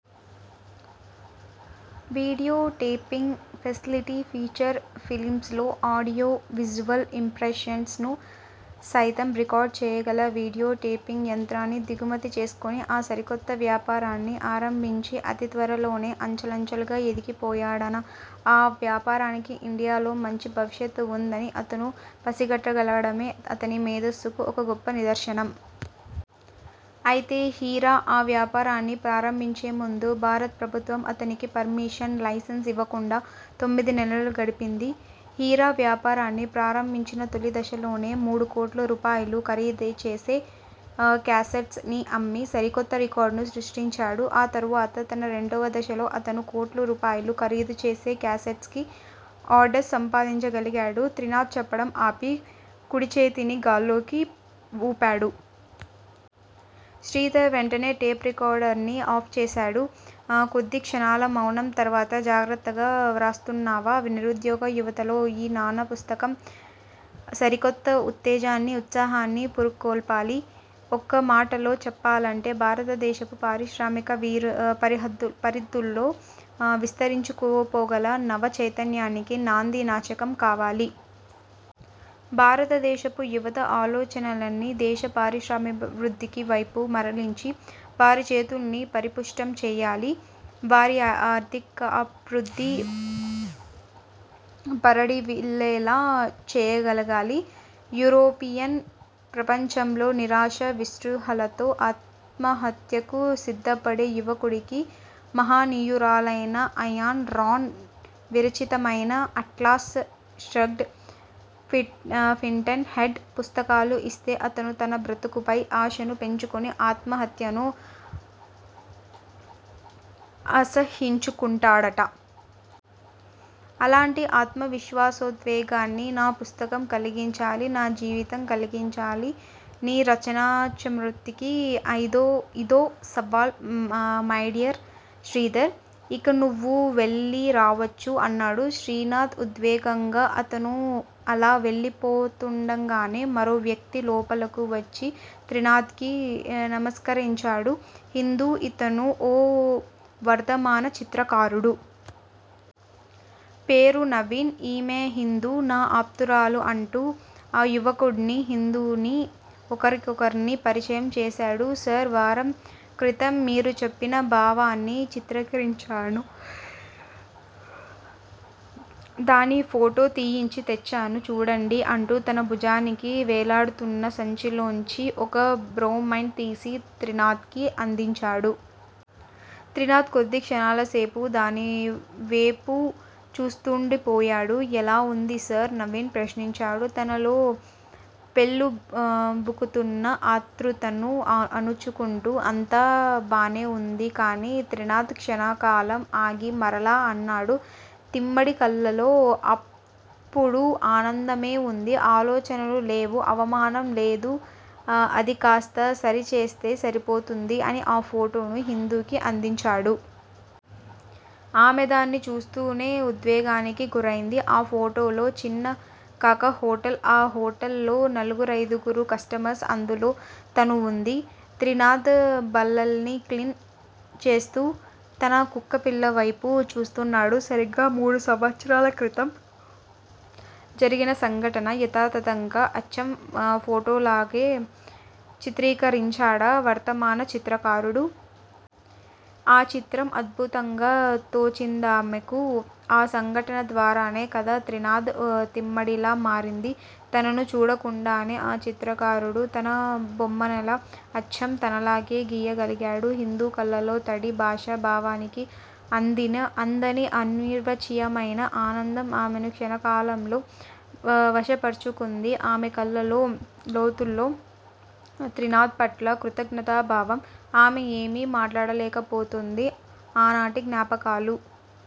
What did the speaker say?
Video taping facility- feature films లో audio visual impressions ను సయితం రికార్డు చేయగల వీడియో టేపింగ్ యంత్రాన్ని దిగుమతి చేసుకుని ఆ సరికొత్త వ్యాపారాన్ని ఆరంభించి అతి త్వరలోనే అంచలంచెలుగా ఎదిగిపోయాడాయన. ఆ వ్యాపారానికి ఇండియాలో మంచి భవిష్యత్ వుందని అతను పసిగట్టగలగడమే అతని మేధస్సుకు ఒక గొప్ప నిదర్శనం. అయితే హీరా ఆ వ్యాపారాన్ని ఆరంభించేముందు భారత ప్రభుత్వం అతనికి పర్మిషన్, లైసెన్స్ ఇవ్వకుండా తొమ్మిది నెలలు గడిపింది. హీరా వ్యాపారాన్ని ఆరంభించిన తొలి దశలోనే మూడుకోట్లు రూపాయల ఖరీదుచేసే క్యాసెట్స్ ని అమ్మి సరికొత్త రికార్డును సృష్టించాడు. ఆ తరువాత తన రెండవ దశలో అతను కోట్లు రూపాయలు ఖరీదు చేసే క్యాసెట్స్ కి ఆర్డర్స్ సంపాదించగలిగాడు త్రినాధ్ చెప్పడం ఆపి, కుడిచేతిని గాల్లోకి వూపాడు. శ్రీధర్ వెంటనే టేప్ రికార్డర్ ని ఆఫ్ చేశాడు. కొద్దిక్షణాల మౌనం తరువాత జాగ్రత్తగా వ్రాస్తున్నావా? నిరుద్యోగ యువతలో ఈ నా పుస్తకం సరికొత్త ఉత్తేజాన్ని, ఉత్సాహాన్ని పురికొల్పాలి. ఒక్క మాటలో చెప్పాలంటే- భారతదేశపు పారిశ్రామిక పరిధుల్లో విస్తరించుకుపోగల నవ చైతన్యానికి నాందీ వాచకం కావాలి. భారతదేశపు యువత ఆలోచనల్ని దేశ పారిశ్రామికాభివృద్ది వైపు మరలించి, వారిచేతుల్ని పరిపుష్టం చేయాలి. వారి ఆర్ధికాభివృద్ధి పరిఢవిల్లేలా చేయగలగాలి. యూరోపియన్ ప్రపంచంలో నిరాశా, నిస్పృహలతో ఆత్మహత్యకు సిద్ధపడే యువకుడికి మహనీయురాలైన అయాన్ రాండ్ విరచితమైన 'అట్లాస్ ష్రగ్డ్', 'ఫింటెన్ హెడ్' పుస్తకాలు ఇస్తే అతను తన బ్రతుకుపై ఆశను పెంచుకుని ఆత్మహత్యను అసహ్యించుకుంటాడట. అలాంటి ఆత్మవిశ్వాసోద్వేగాన్ని నా పుస్తకం కలిగించాలి- నా జీవితం కలిగించాలి. నీ రచనా చమత్కృతికి ఇదో సవాల్ మైడియర్ శ్రీధర్. ఇక నువ్వు వెళ్ళి రావచ్చు అన్నాడు త్రినాధ్ ఉద్వేగంగా. అతను అలా వెళ్ళిపోతుండగానే మరో వ్యక్తి లోపలకు వచ్చి త్రినాధ్ కి నమస్కరించాడు. హిందూ ఇతను ఓ వర్ధమాన చిత్రకారుడు. పేరు నవీన్. ఈమె హిందూ, నా ఆప్తురాలు అంటూ ఆ యువకుడ్ని, హిందూని ఒకరికొకర్ని పరిచయం చేసాడు. సార్! వారం క్రితం మీరు చెప్పిన భావాన్ని చిత్రీకరించాను. దాన్ని ఫోటో తీయించి తెచ్చాను. చూడండి అంటూ తన భుజానికి వేలాడుతున్న సంచిలోంచి ఒక బ్రొమైండ్ తీసి త్రినాధ్ కి అందించాడు. త్రినాధ్ కొద్దిక్షణాలసేపు దానివేపు చూస్తుండిపోయాడు. ఎలా వుంది సార్? నవీన్ ప్రశ్నించాడు. తనలో పెల్లుబుకుతున్న ఆతృతను అణుచుకుంటూ- అంతా బానే వుంది కాని త్రినాధ్ క్షణకాలం ఆగి మరలా అన్నాడు తిమ్మడి కళ్ళలో అప్పుడు ఆనందమే వుంది. ఆలోచనలు లేవు, అవమానం లేదు. అదికాస్తా సరిచేస్తే సరిపోతుంది అని, ఆ ఫోటోను హిందూకి అందించాడు. ఆమె దాన్ని చూస్తూనే ఉద్వేగానికి గురయింది. ఆ ఫోటోలో చిన్న కాకా హోటల్ ఆ హోటల్ లో నలుగురైదుగురు కస్టమర్స్, అందులో తనూ వుంది. త్రినాధ్ బల్లల్ని క్లీన్ చేస్తూ తన కుక్కపిల్లవేపు చూస్తున్నాడు. సరిగ్గా మూడు సంవత్సరాల క్రితం జరిగిన సంఘటన యథాతథంగా అచ్చం ఫోటోలాగే చిత్రీకరించాడా వర్ధమాన చిత్రకారుడు. ఆ చిత్రం అద్భుతంగా తోచిందామెకు. ఆ సంఘటన ద్వారానే కదా త్రినాధ్ తిమ్మడిలా మారింది! తనను చూడకుండానే ఆ చిత్రకారుడు తన బొమ్మనెలా అచ్చం తనలాగే గీయగలిగాడు! హిందూ కళ్ళలో తడి. భాష, భావానికి అందని అనిర్వచనీయమైన ఆనందం ఆమెను క్షణకాలంలో వశపర్చుకుంది. ఆమె కళ్ళ లోతుల్లో త్రినాధ్ పట్ల కృతజ్ఞతా భావం. ఆమె ఏమీ మాట్లాడలేకపోతోంది. ఆనాటి జ్ఞాపకాలు